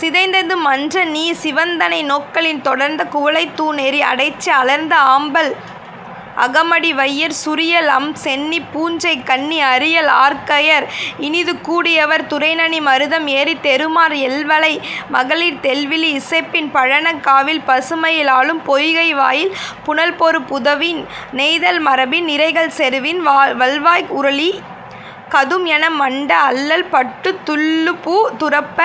சிதைந்தது மன்றநீ சிவந்தனை நோக்கலின் தொடர்ந்த குவளைத் தூநெறி அடைச்சி அலர்ந்த ஆம்பல் அகமடி வையர் சுரியல்அம் சென்னிப் பூஞ்செய் கண்ணி அரியல் ஆர்கையர் இனிதுகூ டியவர் துறைநணி மருதம் ஏறித் தெறுமார் எல்வளை மகளிர் தெள்விளி இசைப்பின் பழனக் காவில் பசுமயில் ஆலும் பொய்கை வாயில் புனல்பொரு புதவின் நெய்தல் மரபின் நிரைகள் செறுவின் வல்வாய் உருளி கதும்என மண்ட அள்ளல் பட்டுத் துள்ளூபு துரப்ப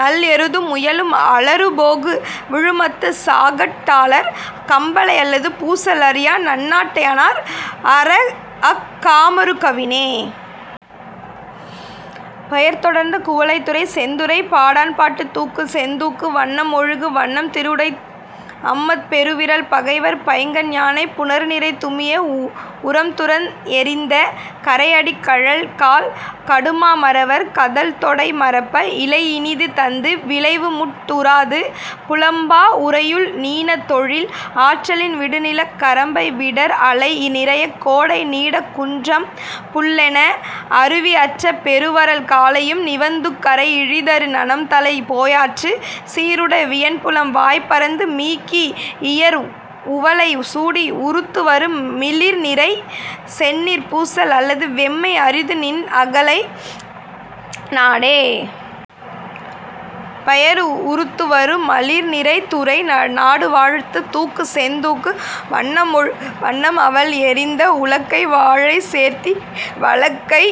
நல்எருதும் முயலும் அளறுபோகு விழுமத்துச் சாகாட் டாளர் கம்பலை அல்லது பூசல் அறியா நன்னாட் யாணர் அறஅக் காமரு கவினே. பெயர் தொடர்ந்த குவளை துறை செந்துறைப் பாடாண்பாட்டு தூக்கு செந்தூக்கு வண்ணம் ஒழுகு வண்ணம் திருவுடைத் அம்ம பெருவிறல் பகைவர் பைங்கண் யானைப் புணர்நிரை துமிய உரம்துரந் எறிந்த கறைஅடிக் கழல்கால் கடுமா மறவர் கதழ்தொடை மறப்ப இளைஇனிது தந்து விளைவுமுட் உறாது புலம்பா உறையுள் நீணதொழில் ஆற்றலின் விடுநிலக் கரம்பை விடர்அளை நிறையக் கோடை நீடக் குன்றம் புல்லென அருவி அற்ற பெருவறல் காலையும் நிவந்துகரை இழிதரு நனம்தலைப் போயாற்றுச் சீர்உடை வியன்புலம் வாய்பரந்து மிகீஇயர் உவலை சூடி உருத்துவரு மிலிர்நிறைச் செந்நீர்ப் பூசல் அல்லது வெம்மை அரிதுநின் அகன்தலை நாடே. பெயர் உருத்துவரு மலிர்நிறை துறை நாடுவாழ்த்து தூக்கு செந்தூக்கு வண்ணம் ஒழுகு வண்ணம் அவல்எறிந்த உலக்கை வாழைச் சேர்த்தி வளைக்கை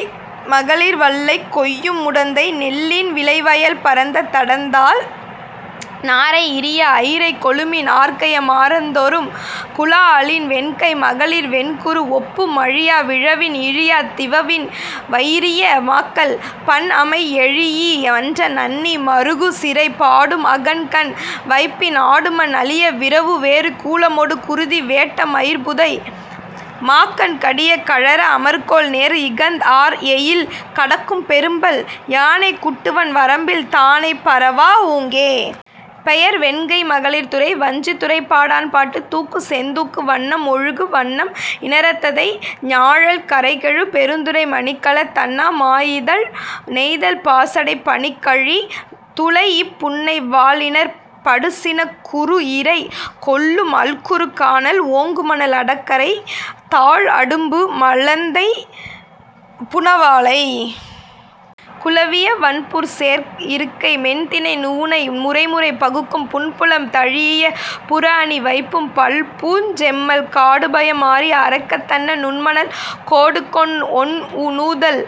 மகளிர் வள்ளை கொய்யும் முடந்தை நெல்லின் விளைவயல் பரந்த தடந்தாள் நாரை இரிய அயிரைக் கொழுமீன் ஆர்கைய மாரந்தொறும் குழாஅலின் வெண்கை மகளிர் வெண்குரு ஓப்பும் அழியா விழவின் இழியாத் திவவின் வயிரிய மாக்கள் பண்அமைத் எழீஇ மன்ற நண்ணி மறுகுசிறை பாடும் அகன்கண் வைப்பின் ஆடுமன் அளிய விரவுவேறு கூலமொடு குருதி வேட்ட மயிர்புதை மாக்கண் கடிய கழற அமர்கோள் நேர்இகந் ஆர்எயில் கடக்கும் பெரும்பல் யானைக் குட்டுவன் வரம்பில் தானை பரவா ஊங்கே. பெயர் வெண்கை மகளிர் துறை வஞ்சித்துறைப்பாடாண்பாட்டு தூக்கு செந்தூக்கு வண்ணம் ஒழுகு வண்ணம் இணரததை ஞாழல் கரைகெழு பெருந்துறை மணிக்கலத் தன்ன மாஇதழ் நெய்தல் பாசடைப் பனிக்கழி துழைஇப் புன்னை வால்இணர்ப் படுசினக் குருஇறை கொள்ளும் அல்குறு கானல் ஓங்குமணல் அடைகரை தாழ்அடும்பு மலைந்த புணாவாளை குளவிய வன்புர்சேர் இருக்கை மென்தினை நுவணை முறைமுறை பகுக்கும் புன்புலம் தழீஇய புறஅணி வைப்பும் பல்பூஞ் செம்மல் காடுபயம் மாறி அரக்கத் தன்ன நுண்மணல் கோடுகொண் ஒண்நுதல்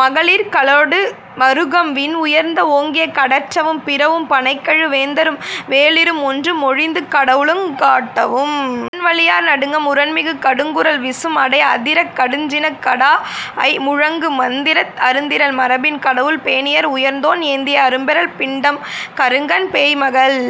மகளிர் கழலொடு மறுகும் விண்உயர்ந் ஓங்கிய கடற்றவும் பிறவும் பணைகெழு வேந்தரும் வேளிரும்ஒன்று மொழிந்து கடலவுங் காட்டவும் அரண்வலியார் நடுங்க முரண்மிகு கடுங்குரல் விசும்அடை அதிரக் கடுஞ்சினங் கடாஅய் முழங்கு மந்திரத் அருந்திறல் மரபின் கடவுள் பேணியர் உயர்ந்தோன் ஏந்திய அரும்பெறல் பிண்டம் கருங்கண் பேய்மகள்